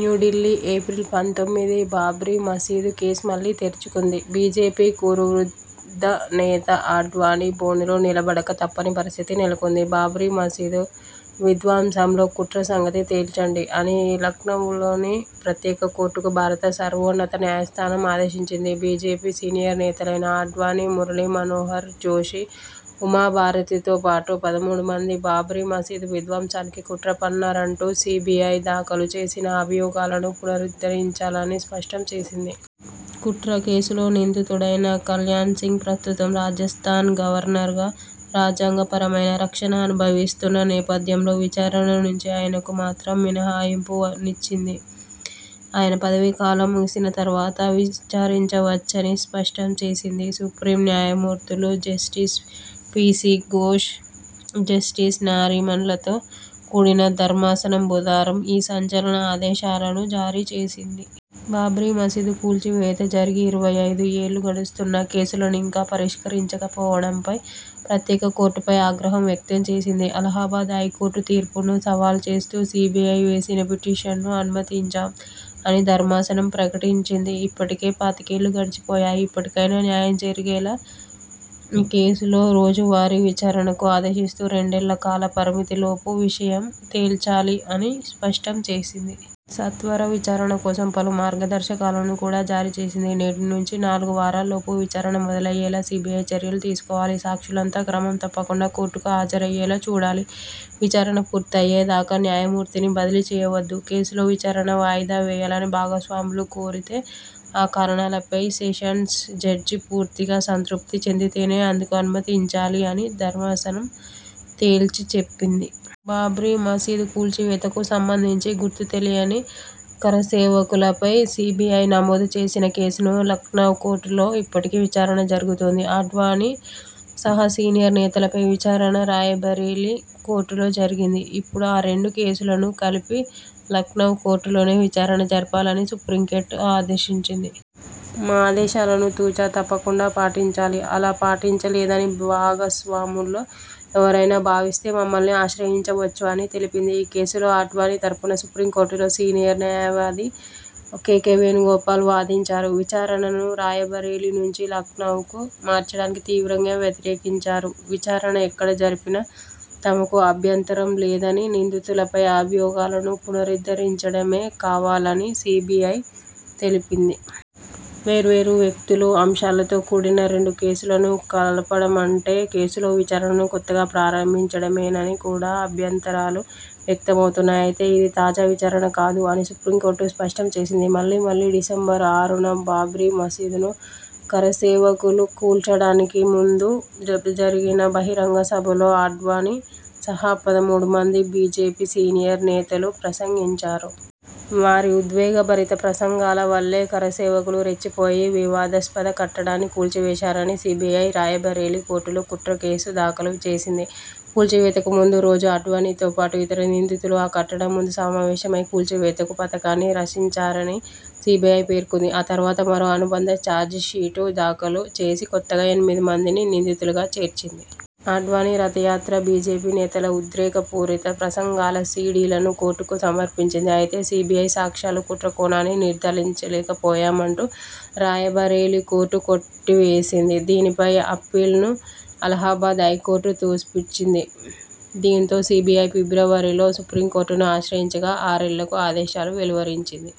New Delhi, April పంతొమ్మిది బాబ్రీ మసీదు కేసు మళ్లీ తెరుచుకుంది. బీజేపీ కురువృద్ధ నేత ఆడ్వాణీ బోనులో నిలబడక తప్పని పరిస్థితి నెలకొంది. 'బాబ్రీ మసీదు విధ్వంసంలో కుట్ర సంగతి తేల్చండి' అని లఖ్నవ్లోని ప్రత్యేక కోర్టుకు భారత సర్వోన్నత న్యాయస్థానం ఆదేశించింది. బీజేపీ సీనియర్ నేతలైన ఆడ్వాణీ, మురళీమనోహర్ జోషి, ఉమాభారతితో పాటు పదమూడుమంది బాబ్రీ మసీదు విధ్వంసానికి కుట్ర పన్నారంటూ సీబీఐ దాఖలు చేసిన అభియోగాలను పునరుద్ధరించాలని స్పష్టం చేసింది. కుట్ర కేసులో నిందితుడైన కల్యాణ్సింగ్ ప్రస్తుతం రాజస్థాన్ గవర్నర్గా, రాజ్యాంగపరమైన రక్షణ అనుభవిస్తున్న నేపథ్యంలో విచారణ నుంచి ఆయనకు మాత్రం మినహాయింపునిచ్చింది. ఆయన పదవీకాలం ముగిసిన తర్వాత విచారించవచ్చని స్పష్టం చేసింది. సుప్రీం న్యాయమూర్తులు జస్టిస్ పీసీ ఘోష్, జస్టిస్ నారీమన్లతో కూడిన ధర్మాసనం బుధవారం ఈ సంచలన ఆదేశాలను జారీచేసింది. బాబ్రీ మసీదు కూల్చివేత జరిగి ఇరవై ఐదు ఏళ్లు గడుస్తున్నా కేసులను ఇంకా పరిష్కరించకపోవడంపై ప్రత్యేక కోర్టుపై ఆగ్రహం వ్యక్తం చేసింది. ''అలహాబాద్ హైకోర్టు తీర్పును సవాలు చేస్తూ సీబీఐ వేసిన పిటిషన్ను అనుమతించాం'' అని ధర్మాసనం ప్రకటించింది. ''ఇప్పటికే పాతికేళ్లు గడిచిపోయాయి. ఇప్పటికైనా న్యాయం జరిగేలా ఈ కేసులో రోజువారీ విచారణకు ఆదేశిస్తూ రెండేళ్ల కాలపరిమితిలోపు విషయం తేల్చాలి'' అని స్పష్టం చేసింది. సత్వర విచారణ కోసం పలు మార్గదర్శకాలను కూడా జారీ చేసింది. ''నేటి నుంచి నాలుగు వారాల్లోపు విచారణ మొదలయ్యేలా సీబీఐ చర్యలు తీసుకోవాలి. సాక్షులంతా క్రమం తప్పకుండా కోర్టుకు హాజరయ్యేలా చూడాలి. విచారణ పూర్తయ్యే దాకా న్యాయమూర్తిని బదిలీ చేయవద్దు! కేసులో విచారణ వాయిదా వేయాలని భాగస్వాములు కోరితే ఆ కారణాలపై సెషన్స్ జడ్జి పూర్తిగా సంతృప్తి చెందితేనే అందుకు అనుమతించాలి'' అని ధర్మాసనం తేల్చిచెప్పింది. బాబ్రీ మసీదు కూల్చివేతకు సంబంధించి 'గుర్తు తెలియని కరసేవకులపై' సీబీఐ నమోదు చేసిన కేసును లఖ్నవ్ కోర్టులో ఇప్పటికీ విచారణ జరుగుతోంది. ఆడ్వాణీ సహా సీనియర్ నేతలపై విచారణ రాయబరేలీ కోర్టులో జరిగింది. ఇప్పుడు ఆ రెండు కేసులనూ కలిపి లఖ్నవ్ కోర్టులోనే విచారణ జరపాలని సుప్రీంకోర్టు ఆదేశించింది. ''మా ఆదేశాలను తు. చ. తప్పకుండా పాటించాలి. అలా పాటించలేదని భాగస్వాముల్లో ఎవరైనా భావిస్తేమమ్మల్ని ఆశ్రయించవచ్చు'' అని తెలిపింది. ఈ కేసులో ఆడ్వాణీ తరఫున సుప్రీంకోర్టులో సీనియర్ న్యాయవాది కేకే వేణుగోపాల్ వాదించారు. విచారణను రాయబరేలీ నుంచి లఖ్నవ్కు మార్చడాన్ని తీవ్రంగా వ్యతిరేకించారు. విచారణ ఎక్కడ జరిపినా తమకు అభ్యంతరం లేదనినిందితులపై అభియోగాలను పునరుద్ధరించడమే కావాలని సీబీఐ తెలిపింది. వేర్వేరు వ్యక్తులు, అంశాలతో కూడిన రెండు కేసులను కలపడమంటే కేసులో విచారణను కొత్తగా ప్రారంభించడమేనని కూడా అభ్యంతరాలు వ్యక్తమయ్యాయి. అయితే ఇది 'తాజా విచారణ కాదు' అని సుప్రీంకోర్టు స్పష్టం చేసింది. మళ్లీమళ్లీ డిసెంబర్ ఆరున బాబ్రీ మసీదును కరసేవకులు కూల్చడానికి ముందు జరిగిన బహిరంగ సభలో ఆడ్వాణీ సహా పదమూడుమంది బీజేపీ సీనియర్ నేతలు ప్రసంగించారు. వారి ఉద్వేగభరిత ప్రసంగాల వల్లే కరసేవకులు రెచ్చిపోయి వివాదాస్పద కట్టడాన్ని కూల్చివేశారని సీబీఐ రాయబరేలీ కోర్టులో కుట్ర కేసు దాఖలు చేసింది. కూల్చివేతకు ముందు రోజు ఆడ్వాణీతోపాటు ఇతర నిందితులు ఆ కట్టడం ముందు సమావేశమై, కూల్చివేత కు పథకాన్ని రచించారని సీబీఐ పేర్కొంది. ఆ తర్వాత మరో అనుబంధ చార్జిషీటు దాఖలు చేసి కొత్తగా ఎనిమిది మందిని నిందితులుగా చేర్చింది. ఆడ్వాణీ రథయాత్ర, బీజేపీ నేతల ఉద్రేకపూరిత ప్రసంగాల సీడీలనూ కోర్టుకు సమర్పించింది. అయితే, సీబీఐ సాక్ష్యాలు కుట్ర కోణాన్ని నిర్ధారించలేకపోయాయంటూ రాయబరేలీ కోర్టు కొట్టివేసింది. దీనిపై అప్పీల్ను అలహాబాద్ హైకోర్టు తోసిపుచ్చింది. దీంతో సీబీఐ ఫిబ్రవరిలో సుప్రీంకోర్టును ఆశ్రయించగా ఆరేళ్లకు ఆదేశాలు వెలువరించింది.